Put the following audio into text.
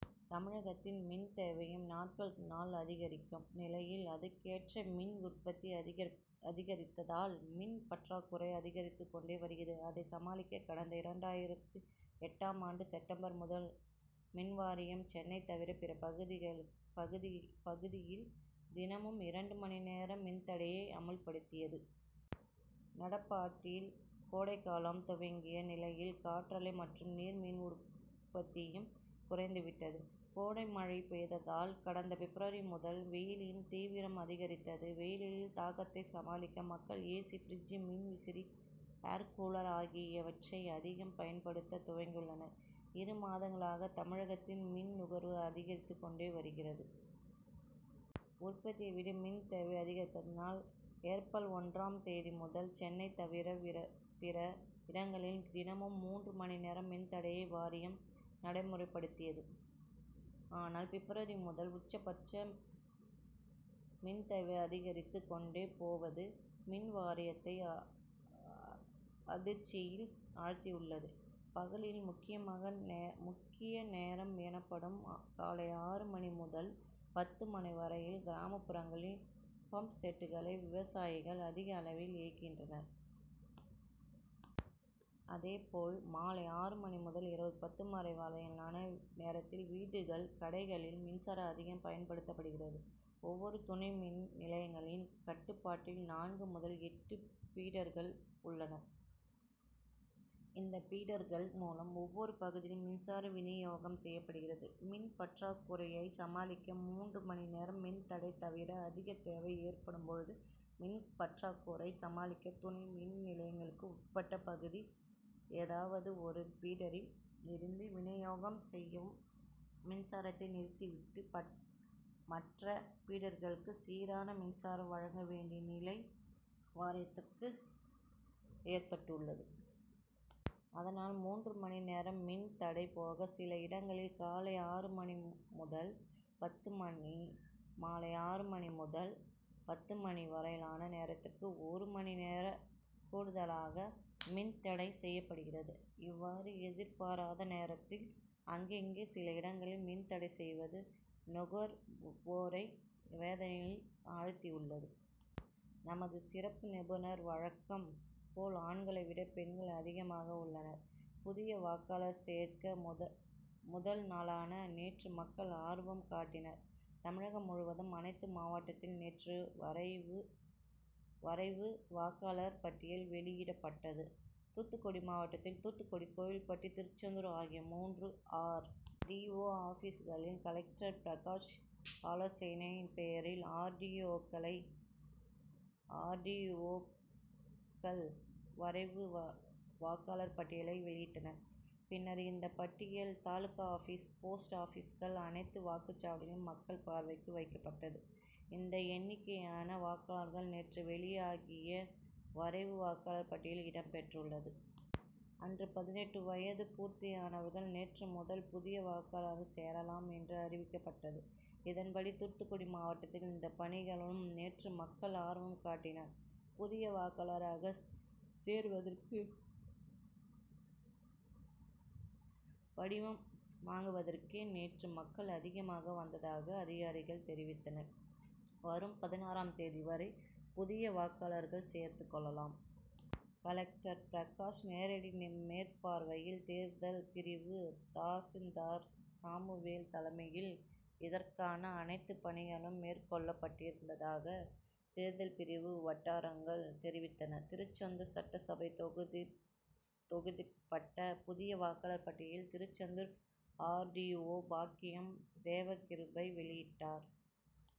தமிழகத்தின் மின்தேவையும் நாளுக்கு நாள் அதிகரிக்கும் நிலையில் அதற்கேற்ப மின் உற்பத்தி அதிகரிக்காததால் மின் பற்றாக்குறை அதிகரித்து கொண்டே வருகிறது. அதை சமாளிக்க கடந்த இரண்டாயிரத்து எட்டாம் ஆண்டு செப்டம்பர் முதல் மின்வாரியம் சென்னை தவிர பிற பகுதியில் தினமும் இரண்டு மணி நேர மின்தடையை அமல்படுத்தியது. நடப்பாண்டில் கோடைகாலம் துவங்கிய நிலையில் காற்றாலை மற்றும் நீர்மின் உற்பத்தியும் குறைந்து விட்டது. கோடைமழையும் பொய்த்ததால் கடந்த பிப்ரவரி முதல் வெயிலின் தீவிரம் அதிகரித்தது. வெயிலின் தாக்கத்தை சமாளிக்க மக்கள் ஏசி ப்ரிட்ஜ் மின் விசிறி ஏர்கூலர் ஆகியவற்றை அதிகம் பயன் படுத்த துவங்கியுள்ளனர். இரு மாதங்களாக தமிழகத்தின் மின்நுகர்வு அதிகரித்து கொண்டே வருகிறது. உற்பத்தியை விட மின் தேவை அதிகரித்ததால் ஏப்ரல் ஒன்றாம் தேதி முதல் சென்னை தவிர பிற இடங்களில் தினமும் மூன்று மணி நேர மின்தடையை வாரியம் நடைமுறைபடுத்தியது. ஆனால் பிப்ரவரி முதல் உச்சபட்ச மின்தேவை அதிகரித்து கொண்டே போவது மின்வாரியத்தை அதிர்ச்சியில் ஆழ்த்தியுள்ளது. பகலில் முக்கிய நேரம் எனப்படும் காலை ஆறு மணி முதல் பத்து மணி வரையில் கிராமப்புறங்களில் பம்ப்செட்களை விவசாயிகள் அதிக அளவில் இயக்குகின்றனர். அதுபோல மாலை ஆறு முதல் இரவு பத்து மணி வரையிலான நேரத்தில் வீடுகள் கடைகளில் மின்சாரம் அதிகம் பயன்படுத்தப்படுகிறது. ஒவ்வொரு துணை மின்நிலையங்களின் கட்டுப்பாட்டில் நான்கு முதல் எட்டு பீடர்கள் உள்ளன. இந்த பீடர்கள் மூலம் ஒவ்வொரு பகுதிக்கு மின்சாரம் வினியோகம் செய்யப்படுகிறது. மின் பற்றாக்குறையை சமாளிக்க மூன்று மணி நேர மின்தடை தவிர அதிக தேவை ஏற்படும் போது மின்பற்றாக்குறை சமாளிக்க துணை மின் நிலையங்களுக்கு உட்பட்ட பகுதியில் ஏதாவது ஒரு பீடரில் இருந்து வினியோகம் செய்யும் மின் சாரத்தை நிறுத்தி விட்டு மற்ற பீடர்களுக்கு சீரான மின்சாரம் வழங்க வேண்டிய நிலை வாரியத்திற்கு ஏற்பட்டுள்ளது. அதனால் மூன்று மணி நேர மின் தடை போக சில இடங்களில் காலை ஆறு முதல் பத்து மணி மாலை ஆறு முதல் பத்து மணி வரையிலான நேரத்தில் ஒரு மணி நேரம் கூடுதலாக மின்தடை செய்யப்படுகிறது. இவ்வாறு எதிர்பாராத நேரத்தில் ஆங்காங்கே சில இடங்களில் மின் தடை செய்வது நுகர்வோரை வேதனையில் ஆழ்த்தியுள்ளது. நமது சிறப்பு நிருபர் வழக்கம் போல் ஆண்களை விட பெண்கள் அதிகமாக உள்ளனர். புதிய வாக்காளர் சேர்க்க முதல் நாளான நேற்று மக்கள் ஆர்வம் காட்டினர். தமிழகம் முழுவதும் அனைத்து மாவட்டத்திலும் நேற்று வரைவு வாக்காளர் பட்டியல் வெளியிடப்பட்டது. தூத்துக்குடி மாவட்டத்தில் தூத்துக்குடி கோவில்பட்டி திருச்செந்தூர் ஆகிய மூன்று ஆர். டி. ஓ ஆபிஸ்களில் கலெக்டர் பிரகாஷ் ஆலோசனையின் பேரில் ஆர். டி. ஓக்கள் வரைவு வாக்காளர் பட்டியலை வெளியிட்டனர். பின்னர் இந்த பட்டியல் தாலுகா ஆபிஸ் போஸ்ட் ஆபிஸ்கள் அனைத்து வாக்குச்சாவடிகளில் மக்கள் பார்வைக்கு வைக்கப்பட்டது. இந்த எண்ணிக்கையான வாக்காளர்கள் நேற்று வெளியாகிய வரைவு வாக்காளர் பட்டியலில் இடம் பெற்றுள்ளது. அன்று பதினெட்டு வயது பூர்த்தியானவர்கள் நேற்று முதல் புதிய வாக்காளர்களாக சேரலாம் என்றும் அறிவிக்கப்பட்டது. இதன்படி தூத்துக்குடி மாவட்டத்தில் இந்த பணிகளிலும் நேற்று மக்கள் ஆர்வம் காட்டினர். புதிய வாக்காளராக சேர்வதற்கு படிவம் வாங்குவதற்கு நேற்றே மக்கள் அதிகமாக வந்ததாக அதிகாரிகள் தெரிவித்தனர். வரும் பதினாறாம் தேதி வரை புதிய வாக்காளர்கள் சேர்ந்து கொள்ளலாம். கலெக்டர் பிரகாஷ் நேரடி மேற்பார்வையில் தேர்தல் பிரிவு தா சில்தார் சாமுவேல் தலைமையில் இதற்கான அனைத்து பணிகளும் மேற்கொள்ளப்பட்டிருப்பதாக தேர்தல் பிரிவு வட்டாரங்கள் தெரிவித்தன. திருச்செந்தூர் சட்டசபை தொகுதிக்குட்பட்ட புதிய வாக்காளர் பட்டியலை திருச்செந்தூர் ஆர்டிஓ. பாக்கியம் தேவ கிருபை வெளியிட்டார்.